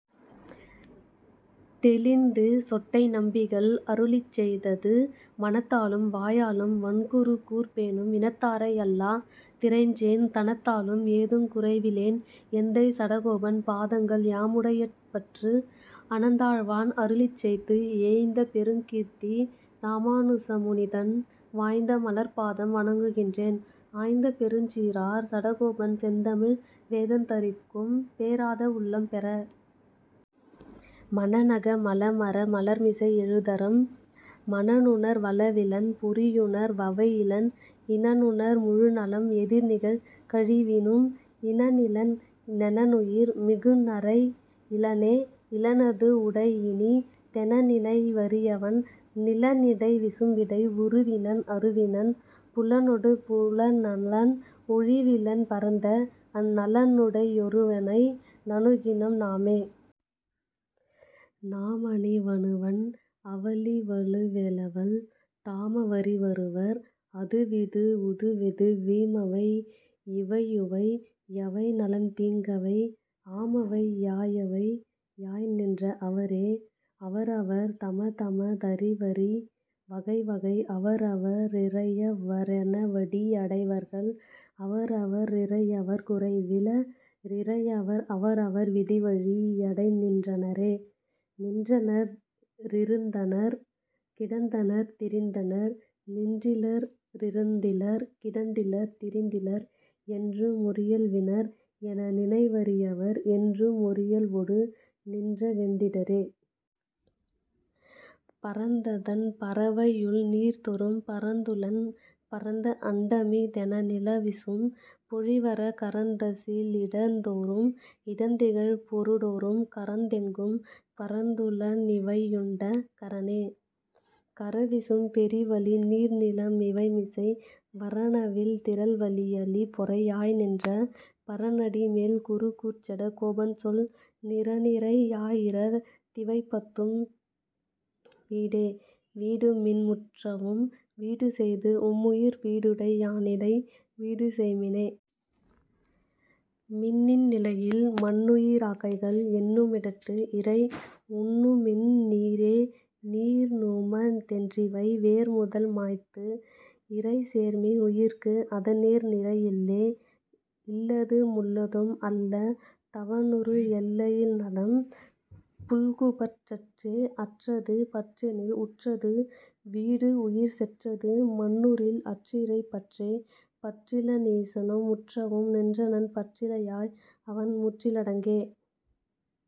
தெளிந்து. சொட்டை நம்பிகள் அருளிச்செய்தது மனத்தாலும் வாயாலும் வண்குருகூர் பேணும் இனத்தாரை யல்லா திறைஞ்சேன், தனத்தாலும் ஏதுங் குறைவிலேன் எந்தை சடகோபன், பாதங்கள் யாமுடைய பற்று. அனந்தாழ்வான் அருளிச்செய்த்து ஏய்ந்தபெருங் கீர்த்தி இராமானுசமுனிதன் வாய்ந்தமலர்ப் பாதம் வணங்குகின்றேன், ஆய்ந்தபெருஞ்ச் சீரார் சடகோபன் செந்தமிழ் வேதந்தரிக்கும், பேராத வுள்ளம் பெற. மனனக மலமற மலர்மிசை யெழுதரும் மனனுணர் வளவிலன், பொறியுணர் வவையிலன் இனனுணர், முழுநலம், எதிர்நிகழ் கழிவினும் இனனிலன், னெனனுயிர், மிகுநரை யிலனே.. இலனது வுடையனி தெனநினை வரியவன் நிலனிடை விசும்பிடை உருவினன் அருவினன் புலனொடு புலனலன், ஒழிவிலன், பரந்த அந் நலனுடை யொருவனை நணுகினம் நாமே.. நாமவ னிவனுவன், அவளிவளுவளெவள் தாமவரிவருவர், அதுவிது வுதுவெது வீமவை யிவையுவை, யவைநலந் தீங்கவை ஆமவை யாயவை, யாய்நின்ற அவரே.. அவரவர் தமதம தறிவறி வகைவகை அவரவர் ரிறையவ ரெனவடி யடைவர்கள் அவரவர் ரிறையவர் குறைவில ரிறையவர் அவரவர் விதிவழி யடையநின் றனரே.. நின்றனர் ரிருந்தனர் கிடந்தனர் திரிந்தனர் நின்றிலர் ரிருந்திலர் கிடந்திலர் திரிந்திலர் என்றுமொ ரியல்வினர் எனநினை வரியவர் என்றுமொ ரியல்வொடு நின்றவெந் திடரே.. பரந்ததண் பரவையுள்நீர்தொறும் பரந்துளன் பரந்தஅ ண் டமிதென நிலவிசும் பொழிவற கரந்தசி லிடந்தொறும் இடந்திகழ் பொருடொறும் கரந்தெங்கும் பரந்துள னிவையுண்ட கரனே. கரவிசும் பெரிவளி நீர்நில மிவைமிசை வரனவில் திறல்வலி யளிபொறை யாய்நின்ற பரனடி மேல்குரு கூர்ச்சட கோபன்சொல் நிரனிறை யாயிரத் திவைபத்தும் வீடே. வீடுமின் முற்றவும்--வீடுசெய்து உம்முயிர் வீடுடை யானிடை--வீடுசெய்ம்மினே.. மின்னின் நிலையில--மன்னுயி ராக்கைகள் என்னு மிடத்து இறை--உன்னுமின் நீரே.. நீர்நும தென்றிவை--வேர்முதல் மாய்த்து இறை சேர்மின் உயிர்க்கு அத--னேர்நிறை யில்லே.. இல்லது முள்ளதும்--அல்ல தவனுரு எல்லையி லந்நலம்--புல்குபற் றற்றே.. அற்றது பற்றெனில்--உற்றது வீடுஉயிர் செற்றது மன்னுறில்--அற்றிறை பற்றே.. பற்றில னீசனும்--முற்றவும் நின்றனன் பற்றிலை யாய் அவன்--முற்றி லடங்கே..